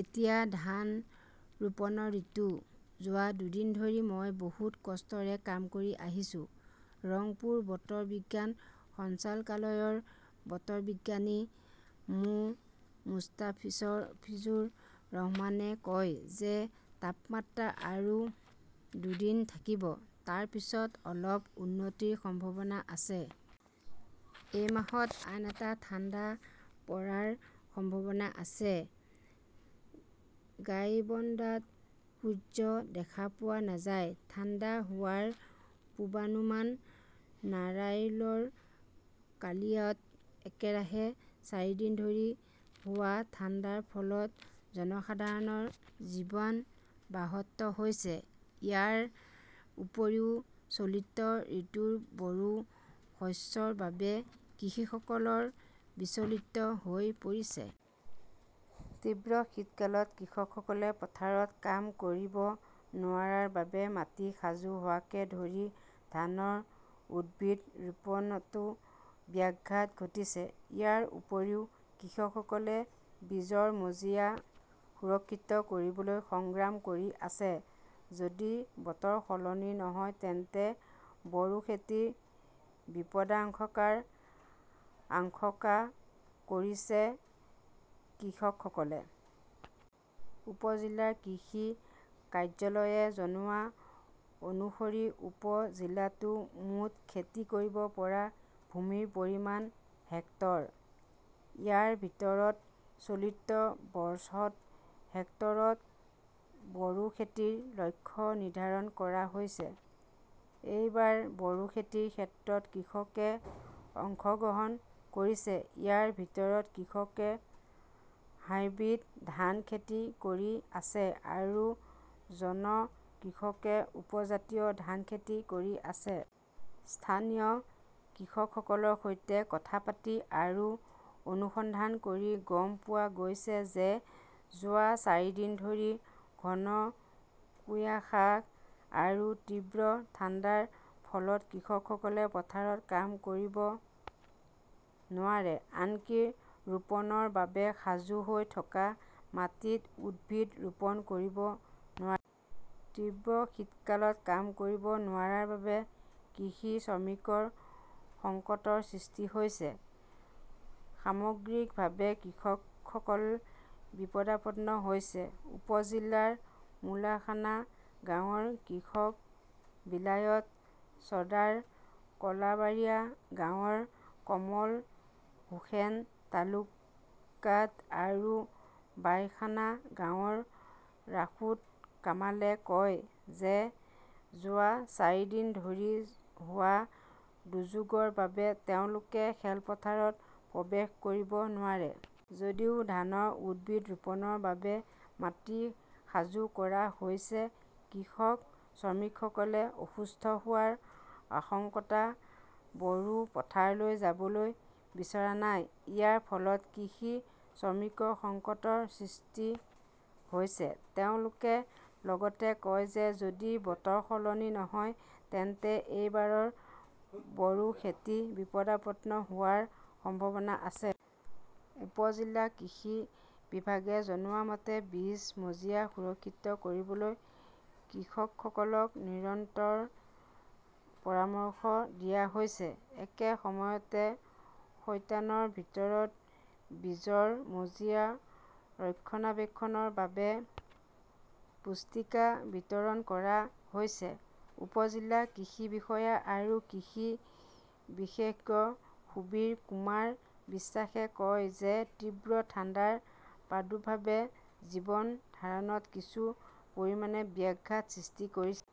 এতিয়া ধান ৰোপণৰ ঋতু। যোৱা দুদিন ধৰি মই বহুত কষ্টৰে কাম কৰি আহিছো। ৰাংপুৰ বতৰ বিজ্ঞান সঞ্চালকালয়ৰ বতৰ বিজ্ঞানী মো. মুষ্টাফিজুৰ ৰহমানে কয় যে তাপমাত্ৰা আৰু দুদিন থাকিব। তাৰ পিছত অলপ উন্নতিৰ সম্ভাৱনা আছে। এই মাহত আন এটা ঠাণ্ডা পৰাৰ সম্ভাৱনা আছে। গাইবন্দাত সূৰ্য দেখা পোৱা নাযায়, ঠাণ্ডা হোৱাৰ পূৰ্বানুমান নাৰাইলৰ কালিয়াত একেৰাহে চাৰিদিন ধৰি হোৱা ঠাণ্ডাৰ ফলত জনসাধাৰণৰ জীৱন ব্যাহত হৈছে। ইয়াৰ উপৰিও, চলিত ঋতুৰ বৰো শস্যৰ বাবে কৃষকসকল বিচলিত হৈ পৰিছে। তীব্ৰ শীতকালত কৃষকসকলে পথাৰত কাম কৰিব নোৱাৰাৰ বাবে মাটি সাজু হোৱাকে ধৰি ধানৰ উদ্ভিদ ৰোপণতো ব্যাঘাত ঘটিছে। ইয়াৰ উপৰিও, কৃষকসকলে বীজৰ মজিয়া সুৰক্ষিত কৰিবলৈ সংগ্ৰাম কৰি আছে। যদি বতৰ সলনি নহয় তেন্তে বৰো খেতিৰ বিপদাশংকাৰ আশংকা কৰিছে কৃষকসকলে। উপ-জিলাৰ কৃষি কাৰ্যালয়ে জনোৱা অনুসৰি উপ-জিলাটোত মুঠ খেতি কৰিব পৰা ভূমিৰ পৰিমাণ হেক্টৰ। ইয়াৰ ভিতৰত চলিত বৰ্ষত হেক্টৰত বৰো খেতিৰ লক্ষ্য নিৰ্ধাৰণ কৰা হৈছে। এইবাৰ বৰো খেতিৰ ক্ষেত্ৰত কৃষকে অংশগ্ৰহণ কৰিছে। ইয়াৰ ভিতৰত কৃষকে হাইব্ৰিড ধান খেতি কৰি আছে আৰু জন কৃষকে উপজাতীয় ধান খেতি কৰি আছে। স্থানীয় কৃষকসকলৰ সৈতে কথা পাতি আৰু অনুসন্ধান কৰি গম পোৱা গৈছে যে যোৱা চাৰিদিন ধৰি ঘন কুয়াশা আৰু তীব্ৰ ঠাণ্ডাৰ ফলত কৃষকসকলে পথাৰত কাম কৰিব নোৱাৰে। আনকি ৰোপণৰ বাবে সাজু হৈ থকা মাটিত উদ্ভিদ ৰোপণ কৰিব নোৱাৰি। তীব্ৰ শীতকালত কাম কৰিব নোৱাৰাৰ বাবে কৃষি শ্ৰমিকৰ সংকটৰ সৃষ্টি হৈছে। সামগ্ৰিকভাৱে কৃষকসকল বিপদাপন্ন হৈছে। উপ-জিলাৰ মুলখানা গাঁৱৰ কৃষক বিলায়ত চৰ্দাৰ, কলাবাৰিয়া গাঁৱৰ কমল হোসেন তালকাৰ্ড আৰু বাইসোনা গাঁৱৰ ৰাশেদ কামালে কয় যে যোৱা চাৰিদিন ধৰি হোৱা দুৰ্যোগৰ বাবে তেওঁলোকে খেলপথাৰত প্ৰৱেশ কৰিব নোৱাৰে। যদিও ধানৰ উদ্ভিদ ৰোপণৰ বাবে মাটি সাজু কৰা হৈছে, কৃষক শ্ৰমিকসকলে অসুস্থ হোৱাৰ আশংকাত বৰো পথাৰলৈ যাবলৈ বিচৰা নাই। ইয়াৰ ফলত কৃষি শ্ৰমিকৰ সংকটৰ সৃষ্টি হৈছে। তেওঁলোকে লগতে কয় যে যদি বতৰ সলনি নহয় তেন্তে এইবাৰৰ বৰো খেতি বিপদাপন্ন হোৱাৰ সম্ভাৱনা আছে। উপ-জিলা কৃষি বিভাগে জনোৱা মতে, বীজৰ মজিয়া সুৰক্ষিত কৰিবলৈ কৃষকসকলক নিৰন্তৰ পৰামৰ্শ দিয়া হৈছে। একে সময়তে শয়তানৰ ভিতৰত বীজৰ মজিয়া ৰক্ষণাবেক্ষণৰ বাবে পুস্তিকা বিতৰণ কৰা হৈছে। উপ-জিলা কৃষি বিষয়া আৰু কৃষি বিশেষজ্ঞ সুবীৰ কুমাৰ বিশ্বাসে কয় যে তীব্ৰ ঠাণ্ডাৰ প্ৰাদুৰ্ভাৱে জীৱন ধাৰণত কিছু পৰিমাণে ব্যাঘাত সৃষ্টি কৰিছে।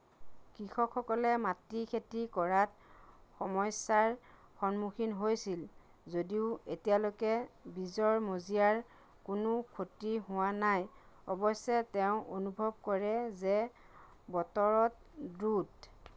কৃষকসকলে মাটি খেতি কৰাত সমস্যাৰ সন্মুখীন হৈছিল যদিও এতিয়ালৈকে বীজৰ মজিয়াৰ কোনো ক্ষতি হোৱা নাই। অৱশ্যে, তেওঁ অনুভৱ কৰে যে বতৰত দ্ৰুত